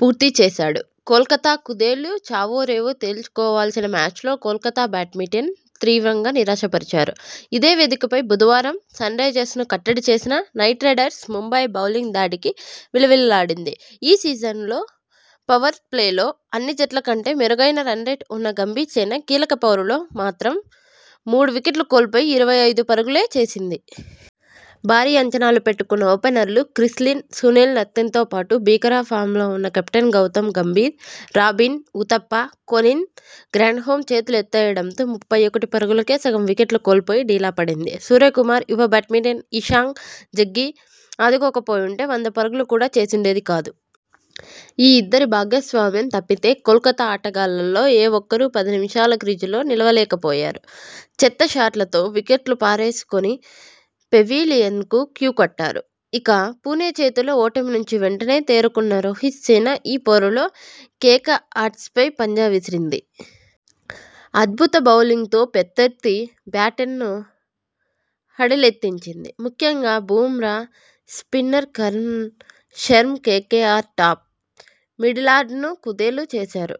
పూర్తి చేశాడు. కోల్కతా కుదేలు చావోరేవో తేల్చుకోవాల్సిన మ్యాచ్లో కోల్కతా బ్యాట్మెటిన్ తీవ్రంగా నిరాశ పరిచారు. ఇదే వేదికపై బుధవారం సన్రైజర్స్ను కట్టడి చేసిన నైట్రైడర్స్ ముంబై బౌలింగ్ ధాటికి విలవిల్లాడింది. ఈ సీజన్లో పవర్ప్లేలో అన్ని జట్ల కంటే మెరుగైన రన్రేట్ ఉన్న గంభీర్సేన కీలక పౌరులో మాత్రం మూడు వికెట్లు కోల్పోయి ఇరవై ఐదు పరుగులే చేసింది. భారీ అంచనాలు పెట్టుకున్న ఓపెనర్లు క్రిస్ లిన్, సునీల్ నరైన్తో పాటు భీకర ఫామ్లో ఉన్న captain Gautam Gambhir, Robin Uthappa, Colin Grandhomme చేతులెత్తేయడంతో ముప్పై ఒకటి పరుగులకే సగం వికెట్లు కోల్పోయి డీలా పడింది. సూర్యకుమార్, యువ బ్యాట్మెంటిన్ ఇషాంక్ జగ్గీ ఆదుకోకపోయుంటే వంద పరుగులు కూడా చేసుండేది కాదు. ఈ ఇద్దరి భాగస్వామ్యం తప్పితే కోల్కతా ఆటగాళ్లలో ఏ ఒక్కరూ పది నిమిషాలు క్రీజులో నిలువ లేకపోయారు. చెత్త షాట్లతో వికెట్లు పారేసుకొని పెవిలియన్కు క్యూ కట్టారు. ఇక, పుణె చేతిలో ఓటమి నుంచి వెంటనే తేరుకున్న రోహిత్సేన ఈ పోరులో కేకేర్స్పై పంజా విసిరింది. అద్భుత బౌలింగ్తో ప్రత్యర్థి బ్యాటేన్ను హడెలెత్తించింది. ముఖ్యంగా Bumrah, spinner Karn Sharma KKR top, మిడిలార్డర్ను కుదేలు చేశారు.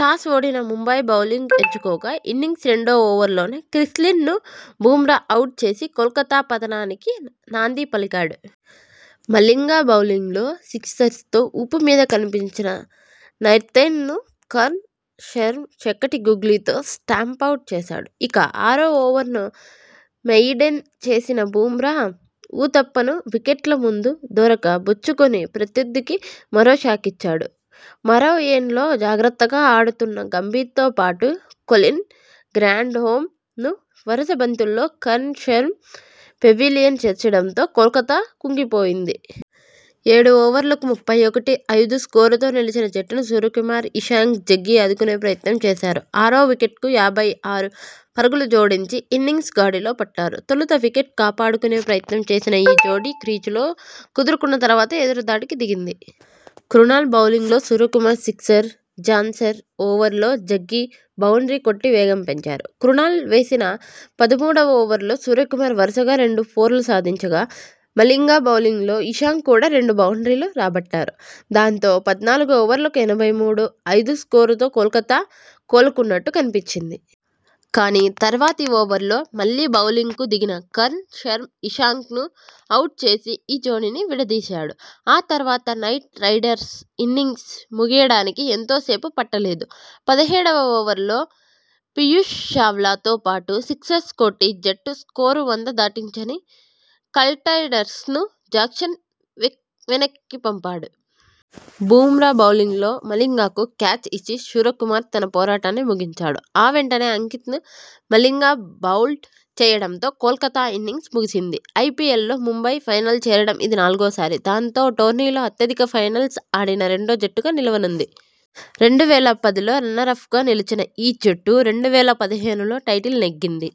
టాస్ ఓడిన ముంబై బౌలింగ్ ఎంచుకోగా ఇన్నింగ్స్ రెండో ఓవర్లోనే క్రిస్ లిన్ ను బుమ్రా అవుట్ చేసి కోల్కతా పతనానికి నాంది పలికాడు. మలింగ బౌలింగ్లో సిక్సర్సతో ఊపు మీద కనిపించిన నైర్తేన్ను ను కర్ణ్ శర్మ చక్కటి గూగ్లీతో స్టంపౌట్ చేశాడు. ఇక, ఆరో ఓవర్ను మెయిడెన్ చేసిన బుమ్రా ఊతప్ప ను వికెట్ల ముందు దొరక బుచ్చుకొని ప్రత్యర్థికి మరో షాకిచ్చాడు. మరో ఎండ్లో జాగ్రత్తగా ఆడుతున్న గంభీర్ తో పాటు కొలిన్ గ్రాండ్హోమ్ ను వరుస బంతుల్లో కర్ణ్ శర్మ పెవిలియన్ చేర్చడంతో కోల్కతా కుంగిపోయింది. ఏడు ఓవర్లకు ముప్పై ఒకటి, ఐదు స్కోరుతో నిలిచిన జట్టును సూర్యకుమార్, ఇషాంక్ జగ్గీ ఆదుకునే ప్రయత్నం చేశారు. ఆరో వికెట్కు యాభై ఆరు పరుగులు జోడించి ఇన్నింగ్స్ గాడిలో పట్టారు. తొలుత వికెట్ కాపాడుకునే ప్రయత్నం చేసిన ఈ జోడీ క్రీజులో కుదురుకున్న తర్వాత ఎదురు దాడికి దిగింది. క్రునాల్ బౌలింగ్లో సూర్యకుమార్ సిక్సర్, జాన్సర్ ఓవర్లో జగ్గీ బౌండ్రీ కొట్టి వేగం పెంచారు. క్రునాల్ వేసిన పదమూడువ ఓవర్లో సూర్యకుమార్ వరుసగా రెండు ఫోర్లు సాధించగా మలింగ బౌలింగ్లో ఇషాంగ్ కూడా రెండు బౌండ్రీలు రాబట్టారు. దాంతో పద్నాలుగు ఓవర్లకు ఎనభై మూడు, ఐదు స్కోరుతో కోల్కతా కోలుకున్నట్టు కనిపించింది. కానీ, తర్వాతి ఓవర్లో మళ్లీ బౌలింగ్కు దిగిన కర్ణ్ శర్మ ఇషాంక్ను అవుట్ చేసి ఈ జోడీని విడదీశాడు. ఆ తర్వాత నైట్ రైడర్స్ ఇన్నింగ్స్ ముగియడానికి ఎంతో సేపు పట్టలేదు. పదిహేడువ ఓవర్లో పియూష్ చావ్లా తో పాటు సిక్సర్స్ కొట్టి జట్టు స్కోరు వంద దాటించన కల్టైరైడర్స్ ను జాన్సన్ వె వెనక్కిపంపాడు. బుమ్రా బౌలింగ్లో మలింగకు క్యాచ్ ఇచ్చి సూర్యకుమార్ తన పోరాటాన్ని ముగించాడు. ఆ వెంటనే అంకిత్ ను మలింగ బౌల్డ్ చేయడంతో కోల్కతా ఇన్నింగ్స్ ముగిసింది. ఐపీఎల్లో ముంబై ఫైనల్ చేరడం ఇది నాలుగోసారి. దాంతో, టోర్నీలో అత్యధిక ఫైనల్స్ ఆడిన రెండో జట్టుగా నిలవనుంది. రెండు వేల పదిలో రన్నరప్గా నిలిచిన ఆ జట్టు, రెండు వేల పదిహేనులో టైటిల్ నెగ్గింది.